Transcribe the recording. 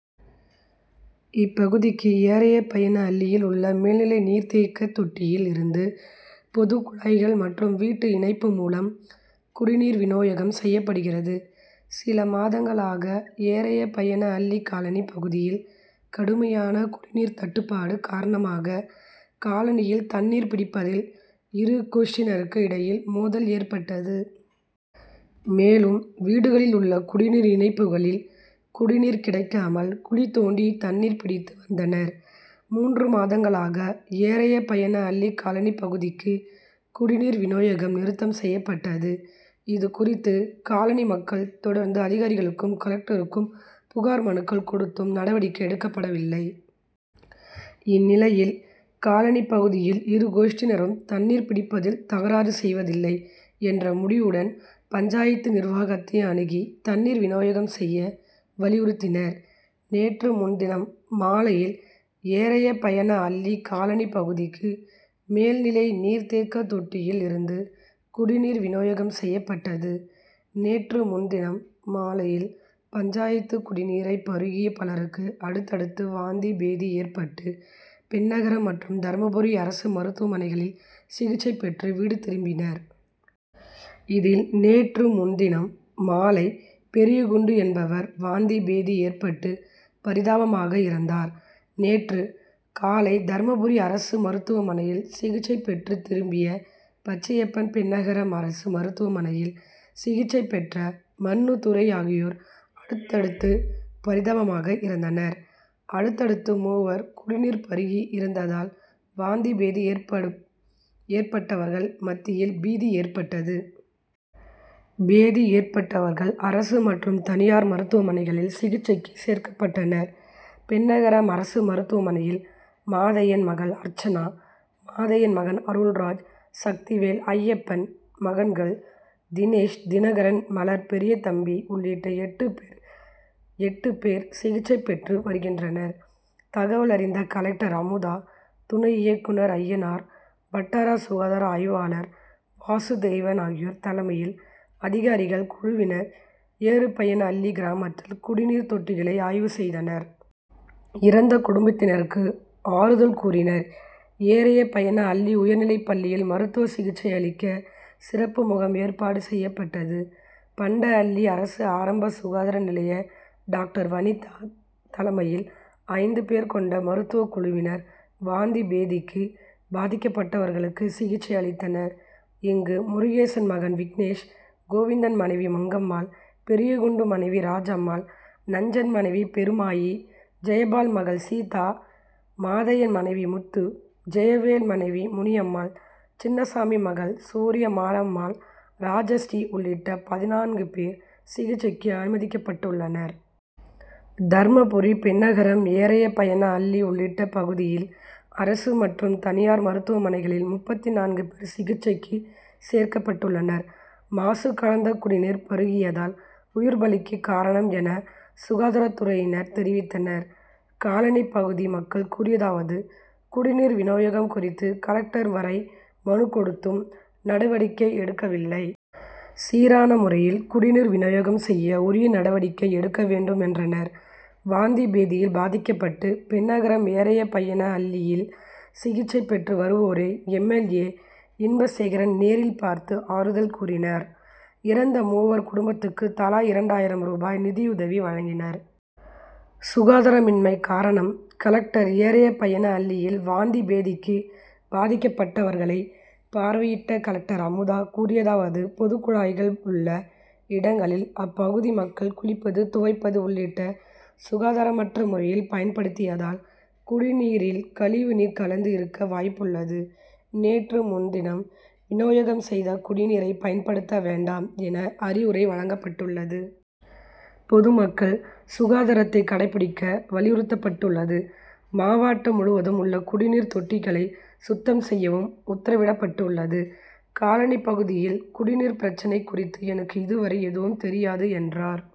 இப்பகுதிக்கு எரயபையன அள்ளியில் உள்ள மேல்நிலை நீர் தேக்க தொட்டியில் இருந்து பொது குழாய்கள் மற்றும் வீட்டு இணைப்பு மூலம் குடிநீர் விநியோகம் செய்யப்படுகிறது. சில மாதங்களாக எரயபையன அள்ளி காலனி பகுதியில் கடுமையான குடிநீர் தட்டுப்பாடு காரணமாக காலனியில் தண்ணீர் பிடிப்பதில் இரு கோஷ்டியினருக்கு இடையில் மோதல் ஏற்பட்டது. மேலும் வீடுகளில் உள்ள குடிநீர் இணைப்புகளில் குடிநீர் கிடைக்காமல் குழி தோண்டி தண்ணீர் பிடித்து வந்தனர். மூன்று மாதங்களாக எரயபையனஅள்ளி காலனி பகுதிக்கு குடிநீர் விநியோகம் நிறுத்தம் செய்யப்பட்டது. இது குறித்து காலனி மக்கள் தொடர்ந்து அதிகாரிகளுக்கும் கலெக்டருக்கும் புகார் மனுக்கள் கொடுத்தும் நடவடிக்கை எடுக்கப்படவில்லை. இந்நிலையில் காலனி பகுதியில் இரு கோஷ்டியினரும் தண்ணீர் பிடிப்பதில் தகராறு செய்வதில்லை என்ற முடிவுடன் பஞ்சாயத்து நிர்வாகத்தை அணுகி தண்ணீர் விநியோகம் செய்ய வலியுறுத்தினர். நேற்று முன்தினம் மாலையில் எரயபையனஅள்ளி காலனி பகுதிக்கு மேல்நிலை நீர் தேக்க தொட்டியில் இருந்து குடிநீர் விநியோகம் செய்யப்பட்டது. நேற்று முன்தினம் மாலையில் பஞ்சாயத்து குடிநீரை பருகிய பலருக்கு அடுத்தடுத்து வாந்தி பேதி ஏற்பட்டு பென்னகரம் மற்றும் தர்மபுரி அரசு மருத்துவமனைகளில் சிகிச்சை பெற்று வீடு திரும்பினர். இதில் நேற்று முன்தினம் மாலை பெரியகுண்டு என்பவர் வாந்தி பேதி ஏற்பட்டு பரிதாபமாக இறந்தார். நேற்று காலை தர்மபுரி அரசு மருத்துவமனையில் சிகிச்சை பெற்று திரும்பிய பச்சியப்பன் பென்னகரம் அரசு மருத்துவமனையில் சிகிச்சை பெற்ற மண்ணுதுரை ஆகியோர் அடுத்தடுத்து பரிதாபமாக இறந்தனர். அடுத்தடுத்து மூவர் குடிநீர் பருகி இறந்ததால் வாந்தி பேதி ஏற்பட்டவர்கள் மத்தியில் பீதி ஏற்பட்டது. பேதி ஏற்பட்டவர்கள் அரசு மற்றும் தனியார் மருத்துவமனைகளில் சிகிச்சைக்கு சேர்க்கப்பட்டனர். பென்னகரம் அரசு மருத்துவமனையில் மாதையன் மகள் அர்ச்சனா மாதையன் மகன் அருள்ராஜ் சக்திவேல் அய்யப்பன் மகன்கள் தினேஷ் தினகரன் மலர் பெரியதம்பி உள்ளிட்ட எட்டு பேர் சிகிச்சை பெற்று வருகின்றனர். தகவல் அறிந்த கலெக்டர் அமுதா துணை இயக்குனர் அய்யனார் வட்டார சுகாதார ஆய்வாளர் வாசுதேவன் ஆகியோர் தலைமையில் அதிகாரிகள் குழுவினர் எருபையனஅள்ளி கிராமத்தில் குடிநீர் தொட்டிகளை ஆய்வு செய்தனர். இறந்த குடும்பத்தினருக்கு ஆறுதல் கூறினர். எரபையனஅள்ளி உயர்நிலைப்பள்ளியில் மருத்துவ சிகிச்சை அளிக்க சிறப்பு முகாம் ஏற்பாடு செய்யப்பட்டது. பண்டஅள்ளி அரசு ஆரம்ப சுகாதார நிலைய டாக்டர் வனிதா தலைமையில் ஐந்து பேர் கொண்ட மருத்துவ குழுவினர் வாந்தி பேதிக்கு பாதிக்கப்பட்டவர்களுக்கு சிகிச்சை அளித்தனர். இங்கு முருகேசன் மகன் விக்னேஷ் கோவிந்தன் மனைவி மங்கம்மாள் பெரியகுண்டு மனைவி ராஜம்மாள் நஞ்சன் மனைவி பெருமாயி ஜெயபால் மகள் சீதா மாதையன் மனைவி முத்து ஜெயவேல் மனைவி முனியம்மாள் சின்னசாமி மகள் சூர்யா மாரம்மாள் ராஜஸ்ரீ உள்ளிட்ட பதினான்கு பேர் சிகிச்சைக்கு அனுமதிக்கப்பட்டுள்ளனர். தர்மபுரி பென்னகரம் எரயபையனஅள்ளி உள்ளிட்ட பகுதியில் அரசு மற்றும் தனியார் மருத்துவமனைகளில் முப்பத்து நான்கு பேர் சிகிச்சைக்கு சேர்க்கப்பட்டுள்ளனர். மாசு கலந்த குடிநீர் பருகியதால் உயிர் பலிக்கு காரணம் என சுகாதாரத்துறையினர் தெரிவித்தனர். காலனி பகுதி மக்கள் கூறியதாவது குடிநீர் விநியோகம் குறித்து கலெக்டர் வரை மனு கொடுத்தும் நடவடிக்கை எடுக்கவில்லை. சீரான முறையில் குடிநீர் விநியோகம் செய்ய உரிய நடவடிக்கை எடுக்க வேண்டும் என்றனர். வாந்தி பேதியில் பாதிக்கப்பட்டு பென்னகரம் எரயபையனஅள்ளியில் சிகிச்சை பெற்று வருவோரை எம். எல். ஏ. இன்பசேகரன் நேரில் பார்த்து ஆறுதல் கூறினார். இறந்த மூவர் குடும்பத்துக்கு தலா இரண்டாயிரம் ரூபாய் நிதியுதவி வழங்கினார். சுகாதாரமின்மை காரணம் கலெக்டர் எரபையனஅள்ளியில் வாந்தி பேதிக்கு பாதிக்கப்பட்டவர்களை பார்வையிட்ட கலெக்டர் அமுதா கூறியதாவது பொதுக்குழாய்கள் உள்ள இடங்களில் அப்பகுதி மக்கள் குளிப்பது துவைப்பது உள்ளிட்ட சுகாதாரமற்ற முறையில் பயன்படுத்தியதால் குடிநீரில் கழிவு நீர் கலந்து இருக்க வாய்ப்புள்ளது. நேற்று முன்தினம் விநியோகம் செய்த குடிநீரை பயன்படுத்த வேண்டாம் என அறிவுரை வழங்கப்பட்டுள்ளது. பொதுமக்கள் சுகாதாரத்தை கடைப்பிடிக்க வலியுறுத்தப்பட்டுள்ளது. மாவட்டம் முழுவதும் உள்ள குடிநீர் தொட்டிகளை சுத்தம் செய்யவும் உத்தரவிடப்பட்டுள்ளது. காலனி பகுதியில் குடிநீர் பிரச்னை குறித்து எனக்கு இது வரை எதுவும் தெரியாது என்றார்.